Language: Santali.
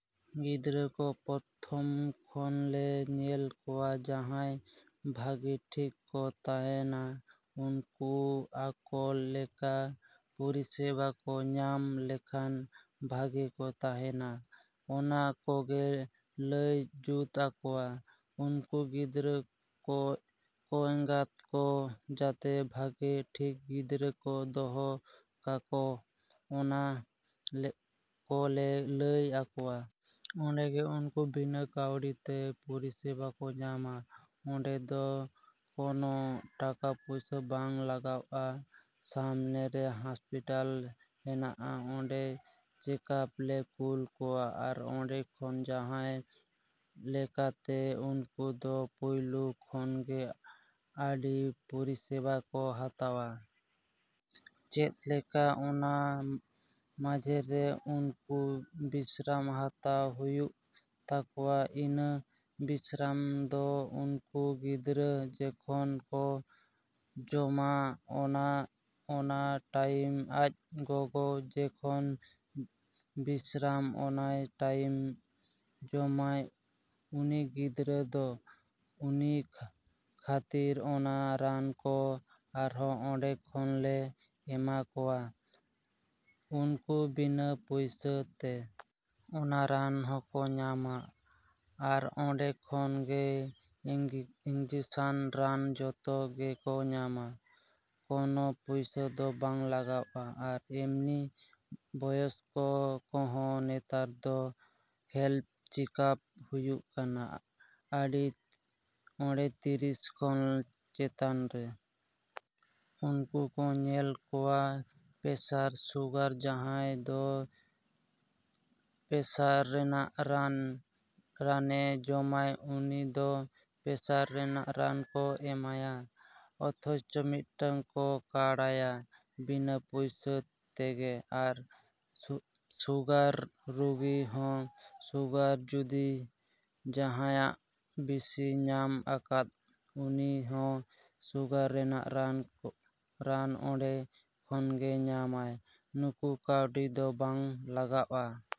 ᱜᱤᱫᱽᱨᱟᱹ ᱠᱚ ᱯᱨᱚᱛᱷᱚᱢ ᱠᱷᱚᱱ ᱞᱮ ᱧᱮᱞ ᱠᱚᱣᱟ ᱡᱟᱦᱟᱸᱭ ᱵᱷᱟᱹᱜᱮ ᱴᱷᱤᱠ ᱠᱚ ᱛᱟᱦᱮᱱᱟ᱾ ᱩᱱᱠᱩ ᱚᱠᱟ ᱞᱮᱠᱟ ᱯᱚᱨᱤᱥᱮᱵᱟ ᱠᱚ ᱧᱟᱢ ᱞᱮᱠᱷᱟᱱ ᱵᱷᱟᱜᱮ ᱠᱚ ᱛᱟᱦᱮᱱᱟ, ᱚᱱᱟ ᱠᱚᱜᱮ ᱞᱟᱹᱭ ᱡᱩᱛ ᱟᱠᱚᱣᱟ᱾ ᱩᱱᱠᱩ ᱜᱤᱫᱽᱨᱟᱹ ᱠᱚ ᱮᱸᱜᱟᱛ ᱠᱚ ᱡᱟᱛᱮ ᱵᱷᱟᱜᱮ ᱴᱷᱤᱠ ᱜᱤᱫᱽᱨᱟᱹ ᱠᱚ ᱫᱚᱦᱚ ᱠᱟᱠᱚ, ᱚᱱᱟ ᱠᱚᱞᱮ ᱞᱟᱹᱭ ᱟᱠᱚᱣᱟ᱾ ᱚᱸᱰᱮᱜᱮ ᱩᱱᱠᱩ ᱵᱤᱱᱟᱹ ᱠᱟᱹᱣᱰᱤ ᱛᱮ ᱯᱚᱨᱤᱥᱮᱵᱟ ᱠᱚ ᱧᱟᱢᱟ᱾ ᱚᱸᱰᱮ ᱫᱚ ᱠᱚᱱᱚ ᱴᱟᱠᱟ ᱯᱚᱭᱥᱟ ᱵᱟᱝ ᱞᱟᱜᱟᱜᱼᱟ᱾ ᱥᱟᱢᱱᱮ ᱨᱮ ᱦᱚᱥᱯᱤᱴᱟᱞ ᱦᱮᱱᱟᱜᱼᱟ, ᱚᱸᱰᱮ ᱪᱮᱠᱟᱯ ᱞᱮ ᱠᱩᱞ ᱠᱚᱣᱟ᱾ ᱟᱨ ᱮᱸᱰᱮᱠᱷᱟᱱ ᱡᱟᱦᱟᱸ ᱞᱮᱠᱟᱛᱮ ᱩᱱᱠᱩ ᱫᱚ ᱯᱳᱭᱞᱳ ᱠᱷᱚᱱᱜᱮ ᱚᱸᱰᱮ ᱯᱚᱨᱤᱥᱮᱵᱟ ᱠᱚ ᱦᱟᱛᱟᱣᱟ᱾ ᱪᱮᱫ ᱞᱮᱠᱟ ᱚᱱᱟ ᱢᱟᱡᱷᱮᱨᱮ ᱩᱱᱠᱩ ᱵᱤᱥᱨᱟᱢ ᱦᱟᱛᱟᱣ ᱦᱩᱭᱩᱜ ᱛᱟᱠᱚᱣᱟ᱾ ᱤᱱᱟᱹ ᱵᱤᱥᱨᱟᱢ ᱫᱚ ᱩᱱᱠᱩ ᱜᱤᱫᱽᱨᱟᱹ ᱡᱚᱠᱷᱚᱱ ᱠᱚ ᱡᱚᱢᱟ, ᱚᱱᱮ ᱚᱱᱟ ᱴᱟᱭᱤᱢ ᱟᱡ ᱜᱚᱜᱚ ᱡᱚᱠᱷᱚᱱᱮ ᱵᱤᱥᱨᱟᱢᱟ, ᱚᱱᱟ ᱴᱟᱭᱤᱢᱮ ᱡᱚᱢᱟᱭ ᱩᱱᱤ ᱜᱤᱫᱽᱨᱟᱹ ᱫᱚ᱾ ᱤᱱᱟᱹ ᱠᱷᱟᱹᱛᱤᱨ ᱚᱱᱟ ᱨᱟᱱ ᱠᱚ ᱟᱨᱚ ᱚᱸᱰᱮ ᱠᱷᱚᱱ ᱞᱮ ᱮᱢᱟ ᱠᱚᱣᱟ ᱩᱱᱠᱩ ᱵᱤᱱᱟᱹ ᱯᱚᱭᱥᱟ ᱛᱮ᱾ ᱚᱱᱟ ᱨᱟᱱ ᱦᱚᱸᱠᱚ ᱧᱟᱢᱟ᱾ ᱟᱨ ᱚᱸᱰᱮ ᱠᱷᱚᱱ ᱜᱮ ᱤᱱᱡᱮᱠᱥᱮᱱ ᱨᱟᱱ ᱡᱚᱛᱚ ᱜᱮᱠᱚ ᱧᱟᱢᱟ, ᱠᱚᱱᱚ ᱯᱚᱭᱥᱟ ᱫᱚ ᱵᱟᱝ ᱞᱟᱜᱟᱜᱼᱟ᱾ ᱟᱨ ᱮᱢᱱᱤ ᱵᱚᱭᱚᱥᱠᱚ ᱠᱚᱦᱚᱸ ᱱᱮᱛᱟᱨ ᱫᱚ ᱦᱮᱞᱛᱷ ᱪᱮᱠᱟᱯ ᱦᱩᱭᱩᱜ ᱠᱟᱱᱟ ᱚᱸᱰᱮ ᱛᱤᱨᱤᱥ ᱠᱷᱚᱱ ᱪᱮᱛᱟᱱ ᱨᱮ᱾ ᱩᱱᱠᱩ ᱠᱚ ᱧᱮᱞ ᱠᱚᱣᱟ ᱯᱮᱥᱟᱨ, ᱥᱩᱜᱟᱨ, ᱡᱟᱦᱟᱸᱭ ᱫᱚ ᱯᱮᱥᱟᱨ ᱨᱮᱱᱟᱜ ᱨᱟᱱᱮ ᱡᱚᱢᱟ, ᱩᱱᱤ ᱫᱚ ᱯᱮᱥᱟᱨ ᱨᱮᱱᱟᱜ ᱨᱟᱱ ᱠᱚ ᱮᱢᱟᱭᱟ, ᱚᱛᱷᱚᱪᱚ ᱢᱤᱫᱴᱟᱱ ᱠᱚ ᱠᱟᱲ ᱟᱭᱟ ᱵᱤᱱᱟᱹ ᱯᱚᱭᱥᱟ ᱛᱮᱜᱮ᱾ ᱟᱨ ᱥᱩᱜᱟᱨ ᱨᱩᱜᱤ ᱦᱚᱸ ᱥᱩᱜᱟᱨ ᱡᱩᱫᱤ ᱡᱟᱦᱟᱸᱭᱟᱜ ᱵᱮᱥᱤ ᱧᱟᱢ ᱠᱟᱫᱟᱭ, ᱩᱱᱤ ᱦᱚᱸ ᱥᱩᱜᱟᱨ ᱨᱮᱱᱟᱜ ᱨᱟᱱ ᱚᱸᱰᱮ ᱠᱷᱚᱱᱜᱮ ᱧᱟᱢ ᱟᱭ, ᱠᱳᱱᱳ ᱠᱟᱹᱣᱰᱤ ᱫᱚ ᱵᱟᱝ ᱞᱟᱜᱟᱜᱼᱟ᱾।